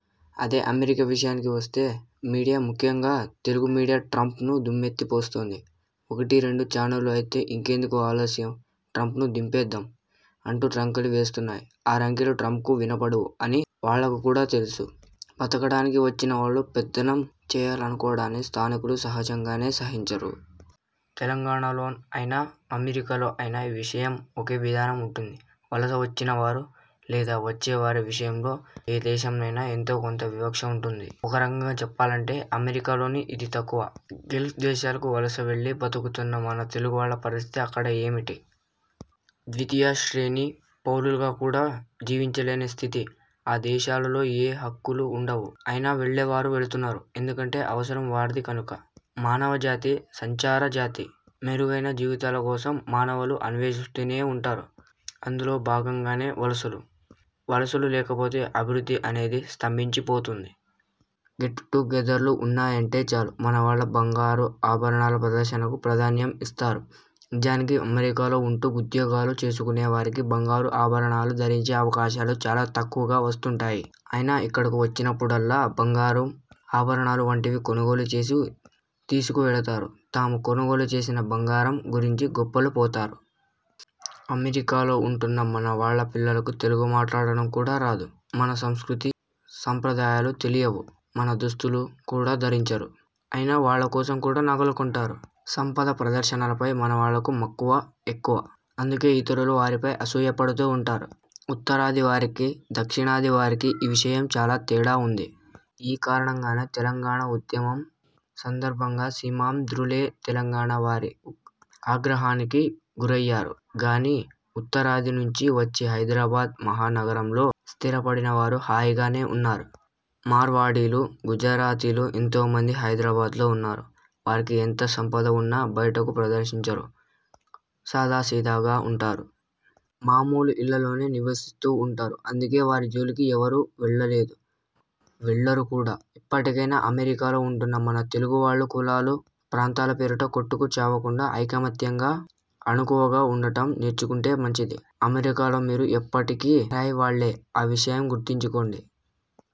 అదే అమెరికా విషయానికి వస్తే మీడియా, ముఖ్యంగా తెలుగు మీడియా ట్రంప్ను దుమ్మెత్తిపోస్తోంది. ఒకటి రెండు చానళ్లు అయితే 'ఇంకెందుకు ఆలస్యం- ట్రంప్ను దింపేద్దాం' అంటూ రంకెలు వేస్తున్నాయి. ఆ రంకెలు ట్రంప్కు వినపడవు అని వాళ్లకు కూడా తెలుసు. బతకడానికి వచ్చినవాళ్లు పెత్తనం చేయాలనుకోవడాన్ని స్థానికులు సహజంగానే సహించరు. తెలంగాణలో అయినా, అమెరికాలో అయినా ఈ విషయంలో ఒకే విధానం ఉంటుంది. వలస వచ్చినవారు, లేదా వచ్చేవారి విషయంలో ఏ దేశంలోనైనా ఎంతో కొంత వివక్ష ఉంటుంది. ఒక రకంగా చెప్పాలంటే అమెరికాలోనే ఇది తక్కువ. గల్ఫ్ దేశాలకు వలసవెళ్లి బతుకుతున్న మన తెలుగువాళ్ల పరిస్థితి అక్కడ ఏమిటి? ద్వితీయ శ్రేణి పౌరులుగా కూడా జీవించలేని స్థితి. ఆ దేశాలలో ఏ హక్కులూ ఉండవు. అయినా వెళ్లేవారు వెళుతున్నారు. ఎందుకంటే అవసరం వారిది కనుక! మానవ జాతి సంచార జాతి. మెరుగైన జీవితాల కోసం మానవులు అన్వేషిస్తూనే ఉంటారు. అందులో భాగంగానే వలసలు. వలసలే లేకపోతే అభివృద్ధి అనేది స్తంభించిపోతుంది. గెట్ టు గెదర్లు ఉన్నాయంటే చాలు మనవాళ్లు బంగారు ఆభరణాల ప్రదర్శనకు ప్రాధాన్యం ఇస్తారు. నిజానికి అమెరికాలో ఉంటూ ఉద్యోగాలు చేసుకునేవారికి బంగారు ఆభరణాలు ధరించే అవకాశాలు చాలా తక్కువగా వస్తుంటాయి. అయినా ఇక్కడకు వచ్చినప్పుడల్లా బంగారు ఆభరణాలు వంటివి కొనుగోలు చేసి తీసుకువెళతారు. తాము కొనుగోలు చేసిన బంగారం గురించి గొప్పలు పోతారు. అమెరికాలో ఉంటున్న మనవాళ్ల పిల్లలకు తెలుగు మాట్లాడటం కూడా రాదు. మన సంస్కృతీ సంప్రదాయాలు తెలియవు. మన దుస్తులు। కూడా ధరించరు. అయినా వాళ్లకోసం కూడా నగలు కొంటారు. సంపద ప్రదర్శనపై మనవాళ్లకు మక్కువ ఎక్కువ. అందుకే ఇతరులు వారిపై అసూయపడుతుంటారు. ఉత్తరాది వారికి, దక్షిణాది వారికి ఈ విషయంలో చాలా తేడా ఉంది. ఈ కారణంగానే తెలంగాణ ఉద్యమం సందర్భంగా సీమాంధ్రులే తెలంగాణవారి ఆగ్రహానికి గురయ్యారు గానీ, ఉత్తరాది నుంచి వచ్చి హైదరాబాద్ మహా నగరంలో స్థిరపడినవాళ్లు హాయిగానే ఉన్నారు. మార్వాడీలు, గుజరాతీలు ఎంతో మంది హైదరాబాద్లో ఉన్నారు. వారికి ఎంత సంపద ఉన్నా బయటకు ప్రదర్శించరు. సాదాసీదాగా ఉంటారు. మామూలు ఇళ్లలోనే నివసిస్తూ ఉంటారు. అందుకే వారి జోలికి ఎవరూ వెళ్లలేదు. వెళ్లరు కూడా! ఇప్పటికైనా అమెరికాలో ఉంటున్న మన తెలుగువాళ్లు కులాలు, ప్రాంతాల పేరిట కొట్టుకు చావకుండా ఐకమత్యంగా, అణకువగా ఉండడం నేర్చుకుంటే మంచిది. అమెరికాలో మీరు ఎప్పటికీ పరాయివాళ్లే! ఆ విషయం గుర్తుంచుకోండి.